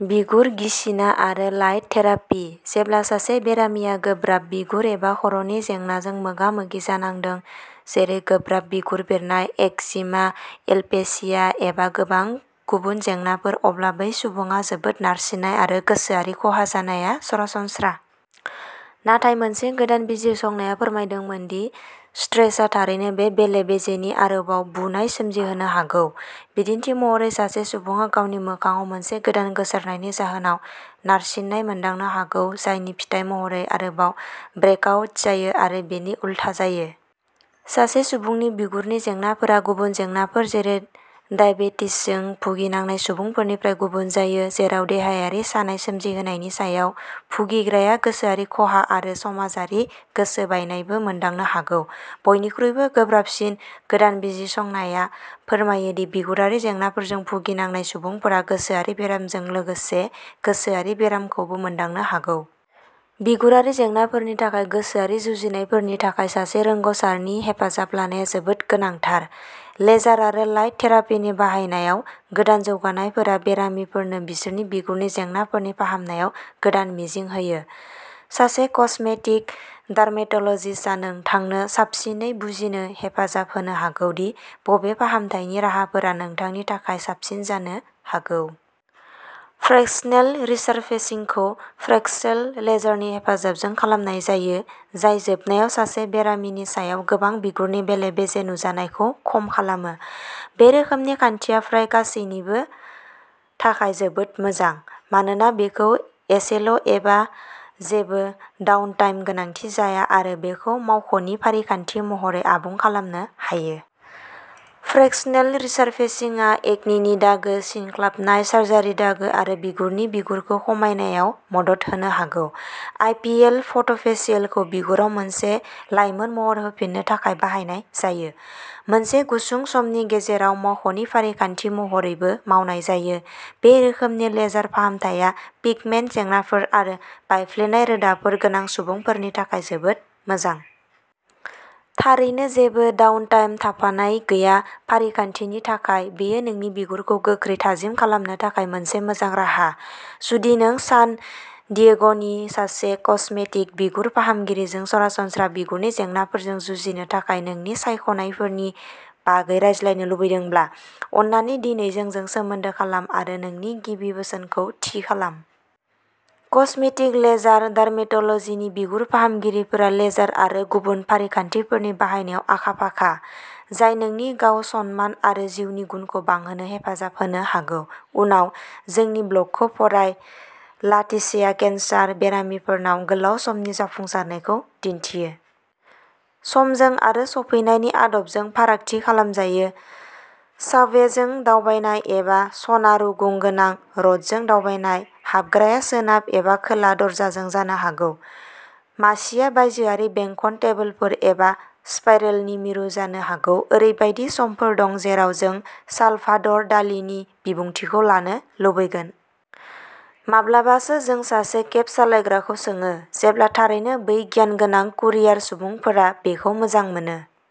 बिगुर गिसिना आरो light therapy. जेब्ला सासे बेरामिया गोब्राब बिगुर एबा खर "नि जेंनाजों मोगा मोगि जानांदों, जेरै गोब्राब बिगुर बेरनाय, एक्जिमा, एलपेसिया एबा गोबां गुबुन जेंनाफोर, अब्ला बै सुबुङा जोबोद नारसिननाय आरो गोसोआरि खहा जानाया सरासनस्रा। नाथाय मोनसे गोदान बिजिरसंनाया फोरमायदोंमोन दि स्ट्रेसआ थारैनो बे बेले बेजेनि आरोबाव बुनाय सोमजिहोनो हागौ। बिदिन्थि महरै, सासे सुबुङा गावनि मोखांआव मोनसे गोदान गोसारनायनि जाहोनाव नारसिननाय मोनदांनो हागौ, जायनि फिथाय महरै आरोबाव ब्रेकआउट जायो आरो बिनि उलथा जायो। सासे सुबुंनि बिगुरनि जेंनाफोरा गुबुन जेंनाफोर जेरै दाइबेटिसजों भुगिनांनाय सुबुंफोरनिफ्राय गुबुन जायो, जेराव देहायारि सानाय सोमजिहोनायनि सायाव, भुगिग्राया गोसोआरि खहा आरो समाजारि गोसोबायनायबो मोनदांनो हागौ। बयनिख्रुइबो गोब्राबसिन, गोदान बिजिरसंनाया फोरमायो दि बिगुरारि जेंनाफोरजों भुगिनांनाय सुबुंफोरा गोसोआरि बेरामजों लोगोसे गोसोआरि बेरामखौबो मोनदांनो हागौ। बिगुरारि जेंनाफोरनि थाखाय गोसोआरि जुजिनायफोरनि थाखाय सासे रोंग'सारनि हेफाजाब लानाया जोबोद गोनांथार। लेजार आरो लाइट थेरापिनि बाहायनायाव गोदान जौगानायफोरा बेरामिफोरनो बिसोरनि बिगुरनि जेंनाफोरनि फाहामनायाव गोदान मिजिं होयो। सासे कस्मेटिक डार्मेट'लजिस्टआ नोंथांनो साबसिनै बुजिनो हेफाजाब होनो हागौ दि बबे फाहामथायनि राहाफोरा नोंथांनि थाखाय साबसिन जानो हागौ। फ्रेक्सनेल रिसारफेसिंखौ फ्रेक्सेल लेजारनि हेफाजाबजों खालामनाय जायो, जाय जोबनायाव सासे बेरामिनि सायाव गोबां बिगुरनि बेले बेजे नुजानायखौ खम खालामो। बे रोखोमनि खान्थिया फ्राय गासैनिबो थाखाय जोबोद मोजां, मानोना बेखौ एसेल'एबा जेबो डाउनटाइम गोनांथि जाया आरो बेखौ मावख'नि फारिखान्थि महरै आबुं खालामनो हायो। फ्रेक्सनेल रिसारफेसिंआ एकनिनि दागो, सिनख्लाबनाय, सार्जारि दागो आरो बिगुरनि बिगुरखौ खमायनायाव मदद होनो हागौ। आइ. पि. एल. फट'फेसियेलखौ बिगुराव मोनसे लाइमोन महर होफिन्नो थाखाय बाहायनाय जायो। मोनसे गुसुं समनि गेजेराव मावख'नि फारिखान्थि महरैबो मावनाय जायो, बे रोखोमनि लेजार फाहामथाया पिगमेन्ट जेंनाफोर आरो बायफ्लेनाय रोदाफोर गोनां सुबुंफोरनि थाखाय जोबोद मोजां। थारैनो जेबो डाउनटाइम थाफानाय गैया। फारिखान्थिनि थाखाय, बेयो नोंनि बिगुरखौ गोख्रै थाजिम खालामनो थाखाय मोनसे मोजां राहा। जुदि नों सान डियेग'नि सासे कस्मेटिक बिगुर फाहामगिरिजों सरासनस्रा बिगुरनि जेंनाफोरजों जुजिनो थाखाय नोंनि सायख'नायफोरनि बागै रायज्लायनो लुबैदोंब्ला, अन्नानै दिनै जोंजों सोमोन्दो खालाम आरो नोंनि गिबि बोसोनखौ थि खालाम। कस्मेटिक लेजार डार्मेट'लजिनि बिगुर फाहामगिरिफोरा लेजार आरो गुबुन फारिखान्थिफोरनि बाहायनायाव आखा फाखा, जाय नोंनि गाव सनमान आरो जिउनि गुनखौ बांहोनो हेफाजाब होनो हागौ। उनाव, जोंनि ब्लगखौ फराय, लाटिसेआ केन्सार बेरामिफोरनाव गोलाव समनि जाफुंसारनायखौ दिन्थियो। समजों आरो सफैनायनि आदबजों फारागथि खालामजायो। साबवेजों दावबायनाय एबा सना रुगुं गोनां रथजों दावबायनाय। हाबग्राया सोनाब एबा खोला दरजाजों जानो हागौ, मासिआ बायजोआरि बेंखन टेबोलफोर एबा स्पाइरलनि मिरु जानो हागौ। ओरैबायदि समफोर दं जेराव जों सालभादर डालीनि बिबुंथिखौ लानो लुबैगोन। माब्लाबासो जों सासे केब सालायग्राखौ सोङो, जेब्ला थारैनो बै गियानगोनां कुरियार सुबुंफोरा बेखौ मोजां मोनो।